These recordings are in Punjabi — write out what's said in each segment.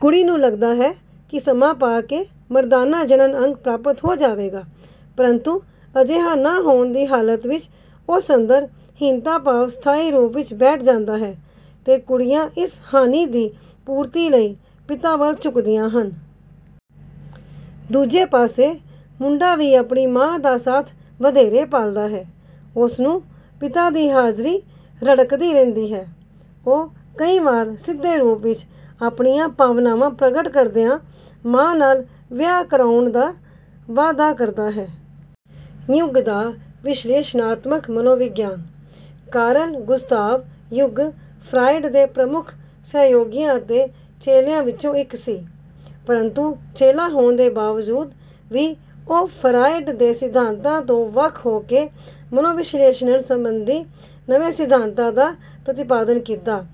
ਕੁੜੀ ਨੂੰ ਲੱਗਦਾ ਹੈ ਕਿ ਸਮਾਂ ਪਾ ਕੇ ਮਰਦਾਨਾ ਜਣਨ ਅੰਗ ਪ੍ਰਾਪਤ ਹੋ ਜਾਵੇਗਾ, ਪ੍ਰੰਤੂ ਅਜਿਹਾ ਨਾ ਹੋਣ ਦੀ ਹਾਲਤ ਵਿੱਚ ਉਸ ਅੰਦਰ ਹੀਨਤਾ ਭਾਵ ਸਥਾਈ ਰੂਪ ਵਿੱਚ ਬੈਠ ਜਾਂਦਾ ਹੈ ਤੇ ਕੁੜੀਆਂ ਇਸ ਹਾਨੀ ਦੀ ਪੂਰਤੀ ਲਈ ਪਿਤਾ ਵੱਲ ਝੁਕਦੀਆਂ ਹਨ। ਦੂਜੇ ਪਾਸੇ ਮੁੰਡਾ ਵੀ ਆਪਣੀ ਮਾਂ ਦਾ ਸਾਥ ਵਧੇਰੇ ਭਾਲਦਾ ਹੈ। ਉਸਨੂੰ ਪਿਤਾ ਦੀ ਹਾਜ਼ਰੀ ਰੜਕਦੀ ਰਹਿੰਦੀ ਹੈ। ਉਹ ਕਈ ਵਾਰ ਸਿੱਧੇ ਰੂਪ ਵਿੱਚ ਆਪਣੀਆਂ ਭਾਵਨਾਵਾਂ ਪ੍ਰਗਟ ਕਰਦਿਆਂ ਮਾਂ ਨਾਲ ਵਿਆਹ ਕਰਵਾਉਣ ਦਾ ਵਾਅਦਾ ਕਰਦਾ ਹੈ। ਯੁੰਗ ਦਾ ਵਿਸ਼ਲੇਸ਼ਣਾਤਮਕ ਮਨੋਵਿਗਿਆਨ: ਕਾਰਲ ਗੁਸਤਾਵ ਯੁੰਗ ਫਰਾਇਡ ਦੇ ਪ੍ਰਮੁੱਖ ਸਹਿਯੋਗੀਆਂ ਅਤੇ ਚੇਲਿਆਂ ਵਿੱਚੋਂ ਇੱਕ ਸੀ, ਪ੍ਰੰਤੂ ਚੇਲਾ ਹੋਣ ਦੇ ਬਾਵਜੂਦ ਵੀ ਉਹ ਫਰਾਇਡ ਦੇ ਸਿਧਾਂਤਾਂ ਤੋਂ ਵੱਖ ਹੋ ਕੇ ਮਨੋਵਿਸ਼ਲੇਸ਼ਣ ਸੰਬੰਧੀ ਨਵੇਂ ਸਿਧਾਂਤਾਂ ਦਾ ਪ੍ਰਤੀਪਾਦਨ ਕੀਤਾ,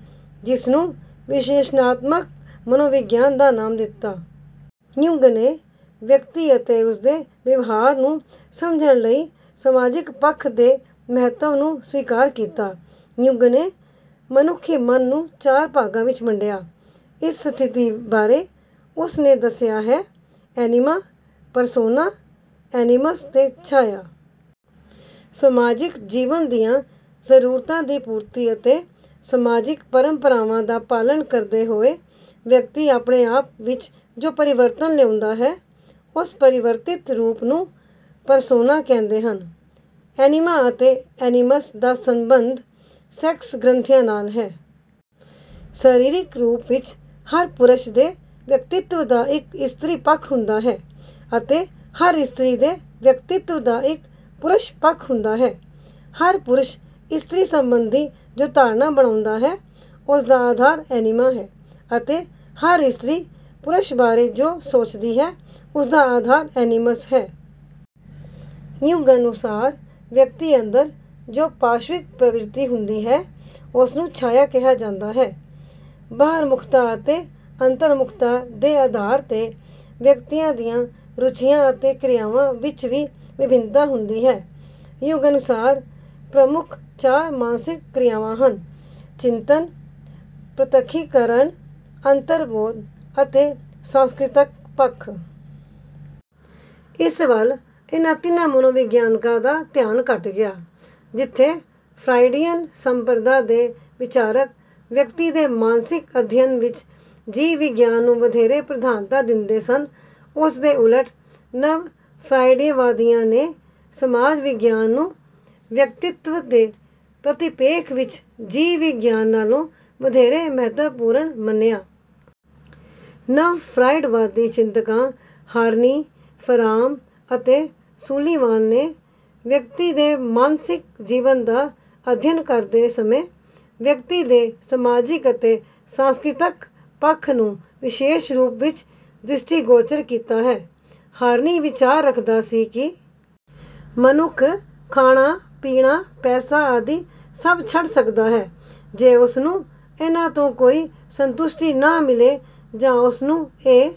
ਜਿਸਨੂੰ ਵਿਸ਼ਲੇਸ਼ਣਾਤਮਕ ਮਨੋਵਿਗਿਆਨ ਦਾ ਨਾਮ ਦਿੱਤਾ। ਯੁੰਗ ਨੇ ਵਿਅਕਤੀ ਅਤੇ ਉਸਦੇ ਵਿਵਹਾਰ ਨੂੰ ਸਮਝਣ ਲਈ ਸਮਾਜਿਕ ਪੱਖ ਦੇ ਮਹੱਤਵ ਨੂੰ ਸਵੀਕਾਰ ਕੀਤਾ। ਯੁੰਗ ਨੇ ਮਨੁੱਖੀ ਮਨ ਨੂੰ ਚਾਰ ਭਾਗਾਂ ਵਿੱਚ ਵੰਡਿਆ। ਇਸ ਸਥਿਤੀ ਬਾਰੇ ਉਸਨੇ ਦੱਸਿਆ ਹੈ: ਐਨੀਮਾ, ਪਰਸੋਨਾ, ਐਨੀਮਸ ਤੇ ਛਾਇਆ। ਸਮਾਜਿਕ ਜੀਵਨ ਦੀਆਂ ਜ਼ਰੂਰਤਾਂ ਦੀ ਪੂਰਤੀ ਅਤੇ ਸਮਾਜਿਕ ਪਰੰਪਰਾਵਾਂ ਦਾ ਪਾਲਣ ਕਰਦੇ ਹੋਏ ਵਿਅਕਤੀ ਆਪਣੇ ਆਪ ਵਿੱਚ ਜੋ ਪਰਿਵਰਤਨ ਲਿਆਉਂਦਾ ਹੈ, ਉਸ ਪਰਿਵਰਤਿਤ ਰੂਪ ਨੂੰ ਪਰਸੋਨਾ ਕਹਿੰਦੇ ਹਨ। ਐਨੀਮਾ ਅਤੇ ਐਨੀਮਸ ਦਾ ਸੰਬੰਧ ਸੈਕਸ ਗ੍ਰੰਥੀਆਂ ਨਾਲ ਹੈ। ਸਰੀਰਿਕ ਰੂਪ ਵਿੱਚ ਹਰ ਪੁਰਸ਼ ਦੇ ਵਿਅਕਤਿਤਵ ਦਾ ਇੱਕ ਇਸਤਰੀ ਪੱਖ ਹੁੰਦਾ ਹੈ ਅਤੇ ਹਰ ਇਸਤਰੀ ਦੇ ਵਿਅਕਤਿਤਵ ਦਾ ਇੱਕ ਪੁਰਖ ਪੱਖ ਹੁੰਦਾ ਹੈ। ਹਰ ਪੁਰਸ਼ ਇਸਤਰੀ ਸੰਬੰਧੀ ਜੋ ਧਾਰਨਾ ਬਣਾਉਂਦਾ ਹੈ, ਉਸਦਾ ਆਧਾਰ ਐਨੀਮਾ ਹੈ ਅਤੇ ਹਰ ਇਸਤਰੀ ਪੁਰਸ਼ ਬਾਰੇ ਜੋ ਸੋਚਦੀ ਹੈ, ਉਸਦਾ ਆਧਾਰ ਐਨੀਮਸ ਹੈ। ਯੁੰਗ ਅਨੁਸਾਰ ਵਿਅਕਤੀ ਅੰਦਰ ਜੋ ਪਾਸ਼ਵਿਕ ਪ੍ਰਵਿਰਤੀ ਹੁੰਦੀ ਹੈ, ਉਸਨੂੰ ਛਾਇਆ ਕਿਹਾ ਜਾਂਦਾ ਹੈ। ਬਾਹਰਮੁਖਤਾ ਅਤੇ ਅੰਤਰਮੁਖਤਾ ਦੇ ਆਧਾਰ ਤੇ ਵਿਅਕਤੀਆਂ ਦੀਆਂ ਰੁਚੀਆਂ ਅਤੇ ਕ੍ਰਿਆਵਾਂ ਵਿੱਚ ਵੀ ਵਿਭਿੰਨਤਾ ਹੁੰਦੀ ਹੈ। ਯੁੰਗ ਅਨੁਸਾਰ ਪ੍ਰਮੁੱਖ ਚਾਰ ਮਾਨਸਿਕ ਕ੍ਰਿਆਵਾਂ ਹਨ: ਚਿੰਤਨ, ਪ੍ਰਤੱਖੀਕਰਨ, ਅੰਤਰਬੋਧ ਅਤੇ ਸਾਂਸਕ੍ਰਿਤਕ ਪੱਖ। ਇਸ ਵੱਲ ਇਨ੍ਹਾਂ ਤਿੰਨਾਂ ਮਨੋਵਿਗਿਆਨਕਾਂ ਦਾ ਧਿਆਨ ਘੱਟ ਗਿਆ। ਜਿੱਥੇ ਫਰਾਇਡੀਅਨ ਸੰਪਰਦਾ ਦੇ ਵਿਚਾਰਕ ਵਿਅਕਤੀ ਦੇ ਮਾਨਸਿਕ ਅਧਿਐਨ ਵਿੱਚ ਜੀਵ ਵਿਗਿਆਨ ਨੂੰ ਵਧੇਰੇ ਪ੍ਰਧਾਨਤਾ ਦਿੰਦੇ ਸਨ, ਉਸਦੇ ਉਲਟ ਨਵ-ਫਰਾਇਡਵਾਦੀਆਂ ਨੇ ਸਮਾਜ ਵਿਗਿਆਨ ਨੂੰ ਵਿਅਕਤਿਤਵ ਦੇ ਪਰਿਪੇਖ ਵਿੱਚ ਜੀਵ ਵਿਗਿਆਨ ਨਾਲੋਂ ਵਧੇਰੇ ਮਹੱਤਵਪੂਰਨ ਮੰਨਿਆ। ਨਵ-ਫਰਾਇਡਵਾਦੀ ਚਿੰਤਕਾਂ ਹਾਰਨੀ, ਫਰਾਮ ਅਤੇ ਸੂਲੀਵਾਨ ਨੇ ਵਿਅਕਤੀ ਦੇ ਮਾਨਸਿਕ ਜੀਵਨ ਦਾ ਅਧਿਐਨ ਕਰਦੇ ਸਮੇਂ ਵਿਅਕਤੀ ਦੇ ਸਮਾਜਿਕ ਅਤੇ ਸਾਂਸਕ੍ਰਿਤਕ ਪੱਖ ਨੂੰ ਵਿਸ਼ੇਸ਼ ਰੂਪ ਵਿੱਚ ਦ੍ਰਿਸ਼ਟੀਗੋਚਰ ਕੀਤਾ ਹੈ। ਹਾਰਨੀ ਵਿਚਾਰ ਰੱਖਦਾ ਸੀ ਕਿ ਮਨੁੱਖ ਖਾਣਾ, ਪੀਣਾ, ਪੈਸਾ ਆਦਿ ਸਭ ਛੱਡ ਸਕਦਾ ਹੈ ਜੇ ਉਸਨੂੰ ਇਨ੍ਹਾਂ ਤੋਂ ਕੋਈ ਸੰਤੁਸ਼ਟੀ ਨਾ ਮਿਲੇ ਜਾਂ ਉਸਨੂੰ ਇਹ